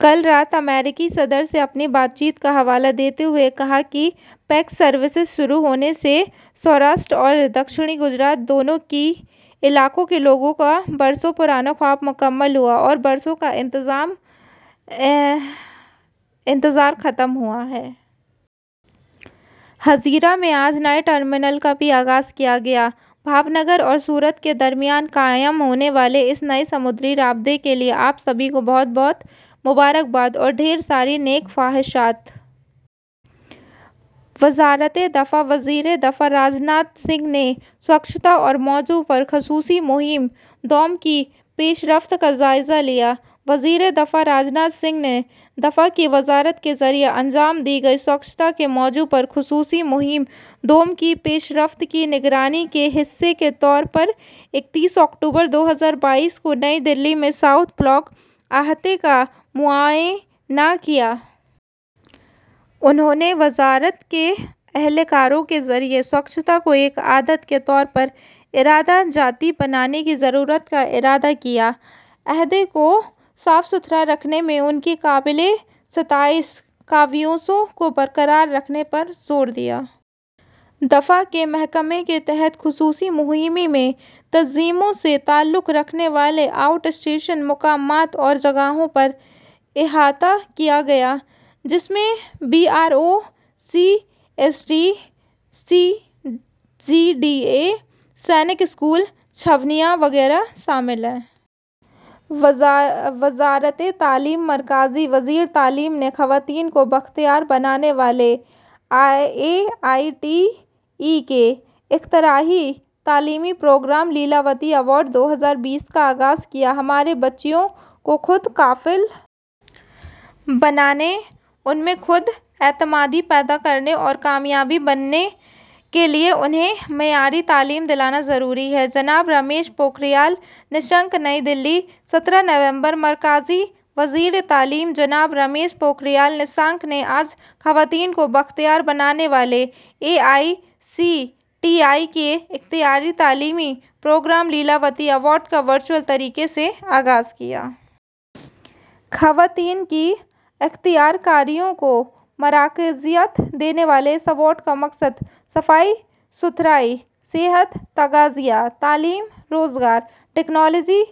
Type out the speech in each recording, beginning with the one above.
کل رات امریکی صدر سے اپنی بات چیت کا حوالہ دیتے ہوئے کہا کہ پیکس سروسز شروع ہونے سے سوراشٹر اور جنوبی گجرات، دونوں ہی علاقوں کے لوگوں کا برسوں پرانا خواب مکمل ہوا ہے اور برسوں کا انتظار ختم ہوا ہے۔ ہزیرا میں آج نئے ٹرمینل کا بھی آغاز کیا گیا ہے۔ بھاؤنگر اور سورت کے درمیان قائم ہونے والے اس نئے سمندری رابطے کے لیے آپ سبھی کو بہت بہت مبارکباد اور ڈھیر ساری نیک خواہشات! وزارتِ دفاع وزیرِ دفاع راج ناتھ سنگھ نے سوچھتا کے موضوع پر خصوصی مہم دوئم کی پیش رفت کا جائزہ لیا وزیرِ دفاع راج ناتھ سنگھ نے دفاع کی وزارت کے ذریعے انجام دی گئی سوچھتا کے موضوع پر خصوصی مہم دوئم کی پیش رفت کی نگرانی کے حصے کے طور پر اکتیس اکتوبر دو ہزار بائیس کو نئی دہلی میں ساؤتھ بلاک احاطے کا معائنہ کیا۔ انہوں نے وزارت کے اہلکاروں کے ذریعے سوچھتا کو ایک عادت کے طور پر ادارہ جاتی بنانے کی ضرورت کا اعادہ کیا اور احاطے کو صاف ستھرا رکھنے میں ان کی قابلِ ستائش کاوشوں کو برقرار رکھنے پر زور دیا۔ دفاع کے محکمہ کے تحت خصوصی مہم میں تنظیموں سے تعلق رکھنے والے آؤٹ اسٹیشن مقامات اور جگہوں کا احاطہ کیا گیا ہے، جس میں B R O, C S D, C G D A, Sainik school, چھاؤنیاں وغیرہ شامل ہیں۔ وزارتِ تعلیم مرکزی وزیر تعلیم نے خواتین کو بااختیار بنانے والے اے آئی سی ٹی ای کے اختراعی تعلیمی پروگرام لیلاوتی ایوارڈ دو ہزار بیس کا آغاز کیا ہماری بچیوں کو خود کفیل بنانے، ان میں خود اعتمادی پیدا کرنے اور کامیاب بنانے کے لیے انہیں معیاری تعلیم دلانا ضروری ہے: جناب رمیش پوکھریال ’نشنک‘ نئی دہلی، سترہ نومبر: مرکزی وزیر تعلیم جناب رمیش پوکھریال ’نشنک‘ نے آج خواتین کو بااختیار بنانے والے اے آئی سی ٹی ای کے اختراعی تعلیمی پروگرام لیلاوتی ایوارڈ کا ورچوئل طریقے سے آغاز کیا۔ خواتین کی اختیارکاری کو مرکزیت دینے والے اس ایوارڈ کا مقصد صفائی ستھرائی، صحت، تغذیہ، تعلیم، روزگار، ٹیکنالوجی،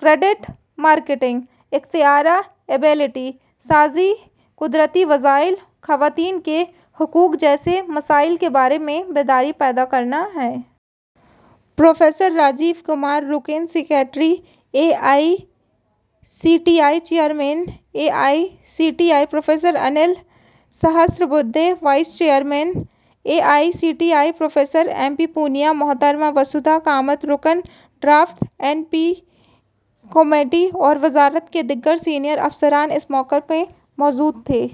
کریڈٹ، مارکیٹنگ، اختراع، اہلیت سازی، قدرتی وسائل اور خواتین کے حقوق جیسے مسائل کے بارے میں بیداری پیدا کرنا ہے۔ پروفیسر راجیو کمار، رکن secretary, A I C T E; chairman, A I C T E professor Anil Sahasrabudhe; نائب chairman, A I C T E, professor M P Poonia; محترمہ واسودھا کمتھ، رکن، draft N E P committee اور وزارت کے دیگر سینئر افسران اس موقع پر موجود تھے۔